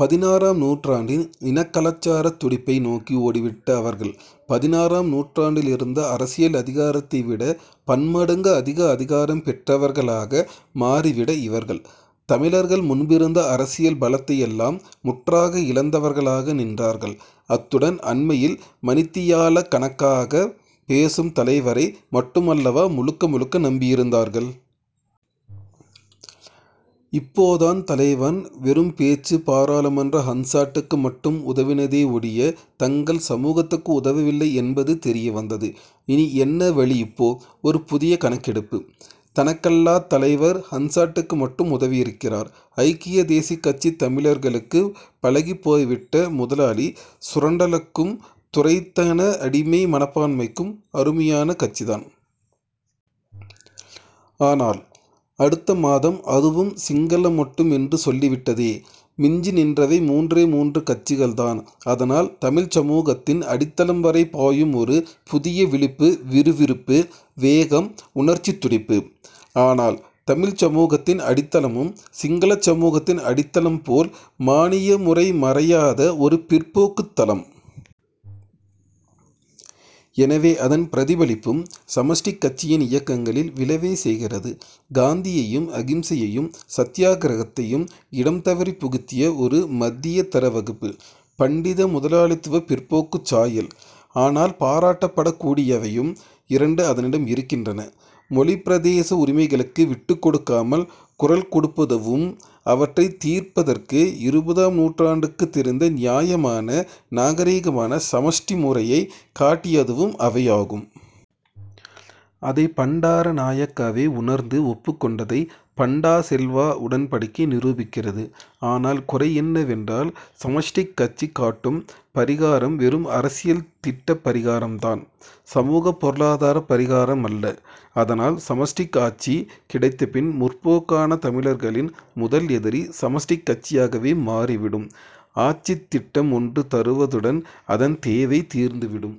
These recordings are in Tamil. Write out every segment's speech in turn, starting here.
பதினாறாம் நூற்றாண்டின் இன கலாச்சாரத் துடிப்பை நோக்கி ஓடிவிட்ட அவர்கள் பதினாறாம் நூற்றாண்டிலிருந்த அரசியல் அதிகாரத்தை விட பன்மடங்கு அதிக அதிகாரம் பெற்றவர்களாக மாறிவிட இவர்கள், தமிழர்கள் முன்பிருந்த அரசியல் பலத்தையெல்லாம் முற்றாக இழந்தவர்களாக நின்றார்கள். அத்துடன் அண்மையில் மணித்தியாலக் கணக்காகப் பேசும் தலைவரை மட்டுமல்லவா முழுக்க முழுக்க நம்பியிருந்தார்கள்? இப்போதான் தலைவன் வெறும் பேச்சு பாராளுமன்ற 'ஹன்சாட்'டுக்கு மட்டும் உதவினதே ஒழிய தங்கள் சமூகத்துக்கு உதவவில்லை என்பது தெரிய வந்தது. இனி என்ன வழி இப்போ ஒரு புதிய கணக்கெடுப்பு. தன்னகல்லாத் தலைவர் ஹன்சாட்டுக்கு மட்டும் உதவியிருக்கிறார். ஐக்கிய தேசியக் கட்சி, தமிழர்களுக்குப் பழகிப்போய்விட்ட முதலாளி சுரண்டலுக்கும் துரைத்தன அடிமை மனப்பான்மைக்கும் அருமையான கட்சிதான். ஆனால், அடுத்த மாதம் அதுவும் சிங்களம் மட்டும் என்று சொல்லிவிட்டதே! மிஞ்சி நின்றவை மூன்றே மூன்று கட்சிகள்தான் அதனால் தமிழ்ச் சமூகத்தின் அடித்தளம்வரை பாயும் ஒரு புதிய விழிப்பு, விறுவிறுப்பு, வேகம், உணர்ச்சித் துடிப்பு. ஆனால், தமிழ்ச் சமூகத்தின் அடித்தளமும் சிங்களச் சமூகத்தின் அடித்தளம் போல் மானியமுறை மறையாத ஒரு பிற்போக்குத் தளம். எனவே அதன் பிரதிபலிப்பும் சமஷ்டிக் கட்சியின் இயக்கங்களில் விழவே செய்கிறது. காந்தியையும் அகிம்சையையும் சத்தியாக்கிரகத்தையும் இடம் தவறிப் புகுத்திய ஒரு மத்தியதர வகுப்பு, பண்டித முதலாளித்துவப் பிற்போக்குச் சாயல். ஆனால், பாராட்டப்படக்கூடியவையும் இரண்டு அதனிடம் இருக்கின்றன. மொழி பிரதேச உரிமைகளுக்கு விட்டுக்கொடுக்காமல் குரல் கொடுப்பதுவும் அவற்றைத் தீர்ப்பதற்கு இருபதாம் நூற்றாண்டுக்குத் தெரிந்த நியாயமான, நாகரிகமான சமஷ்டி முறையைக் காட்டியதும் அவையாகும். அதை பண்டாரநாயக்காவே உணர்ந்து ஒப்புக்கொண்டதை பண்டா-செல்வா உடன்படிக்கை நிரூபிக்கிறது. ஆனால் குறை என்னவென்றால் சமஷ்டிக் கட்சி காட்டும் பரிகாரம் வெறும் அரசியல் திட்டப் பரிகாரம்தான். சமூகப் பொருளாதாரப் பரிகாரமல்ல. அதனால் சமஷ்டி ஆட்சி கிடைத்தபின் முற்போக்கான தமிழர்களின் முதல் எதிரி சமஷ்டிக் கட்சியாகவே மாறிவிடும். ஆட்சித் திட்டம் ஒன்று தருவதுடன் அதன் தேவை தீர்ந்துவிடும்.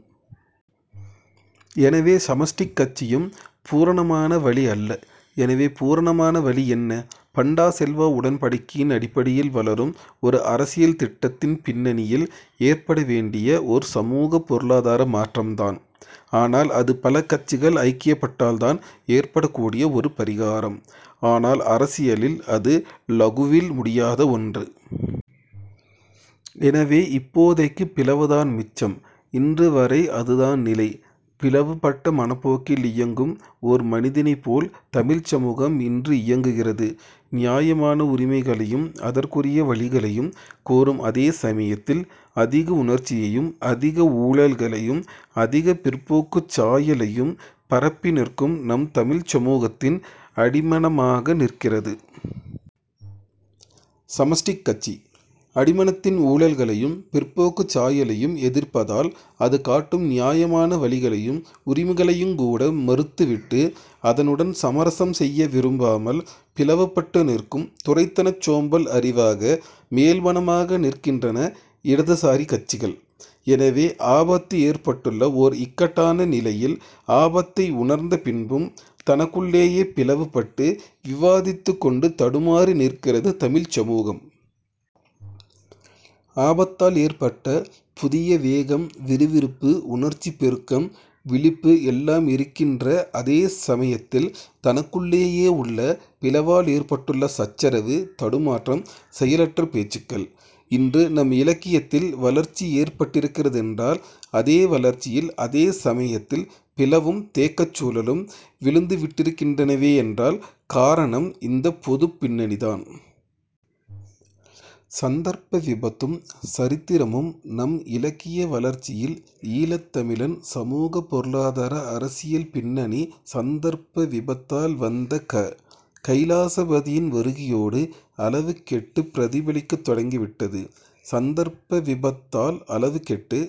எனவே சமஷ்டிக் கட்சியும் பூரணமான வழி அல்ல. எனவே பூரணமான வழி என்ன? பண்டா-செல்வா உடன்படிக்கையின் அடிப்படையில் வளரும் ஒரு அரசியல் திட்டத்தின் பின்னணியில் ஏற்படவேண்டிய ஓர் சமூகப் பொருளாதார மாற்றம்தான். ஆனால் அது பல கட்சிகள் ஐக்கியப்பட்டால்தான் ஏற்படக்கூடிய ஒரு பரிகாரம். ஆனால் அரசியலில் அது லகுவில் முடியாத ஒன்று. எனவே, இப்போதைக்குப் பிளவுதான் மிச்சம். இன்றுவரை அதுதான் நிலை. பிளவுபட்ட மனப்போக்கில் இயங்கும் ஓர் மனிதனைப்போல் தமிழ்ச் சமூகம் இன்று இயங்குகிறது. நியாயமான உரிமைகளையும் அதற்குரிய வழிகளையும் கோரும் அதே சமயத்தில் அதிக உணர்ச்சியையும் அதிக ஊழல்களையும் அதிகப் பிற்போக்குச் சாயலையும் பரப்பி நிற்கும் நம் தமிழ்ச் சமூகத்தின் அடிமனமாக நிற்கிறது. சமஷ்டிக் கட்சி. அடிமனத்தின் ஊழல்களையும் பிற்போக்குச் சாயலையும் எதிர்ப்பதால் அது காட்டும் நியாயமான வழிகளையும் உரிமைகளையுங் கூட மறுத்துவிட்டு அதனுடன் சமரசம் செய்ய விரும்பாமல் பிளவுபட்டு நிற்கும் துரைத்தனச் சோம்பல் அறிவாக, மேல்மனமாக நிற்கின்றன இடதுசாரிக் கட்சிகள். எனவே ஆபத்து ஏற்பட்டுள்ள ஓர் இக்கட்டான நிலையில் ஆபத்தை உணர்ந்த பின்பும் தனக்குள்ளேயே பிளவுபட்டு விவாதித்துக்கொண்டு தடுமாறி நிற்கிறது தமிழ்ச் சமூகம். ஆபத்தால் ஏற்பட்ட புதிய வேகம், விறுவிறுப்பு, உணர்ச்சிப் பெருக்கம், விழிப்பு எல்லாம் இருக்கின்ற அதே சமயத்தில் தனக்குள்ளேயே உள்ள பிளவால் ஏற்பட்டுள்ள சச்சரவு, தடுமாற்றம், செயலற்ற பேச்சுக்கள். இன்று நம் இலக்கியத்தில் வளர்ச்சி ஏற்பட்டிருக்கிறதென்றால், அதே வளர்ச்சியில் அதே சமயத்தில் பிளவும் தேக்கச் சூழலும் விழுந்துவிட்டிருக்கின்றனவென்றால் காரணம் இந்தப் பொதுப் பின்னணிதான். சந்தர்ப்ப விபத்தும் சரித்திரமும் நம் இலக்கிய வளர்ச்சியில் ஈழத் தமிழன் சமூகப் பொருளாதார அரசியல் பின்னணி சந்தர்ப்ப விபத்தால் வந்த க. கைலாசபதியின் வருகையோடு அளவு கெட்டுப் பிரதிபலிக்கத் தொடங்கியது. சந்தர்ப்ப விபத்தால் அளவு கெட்டு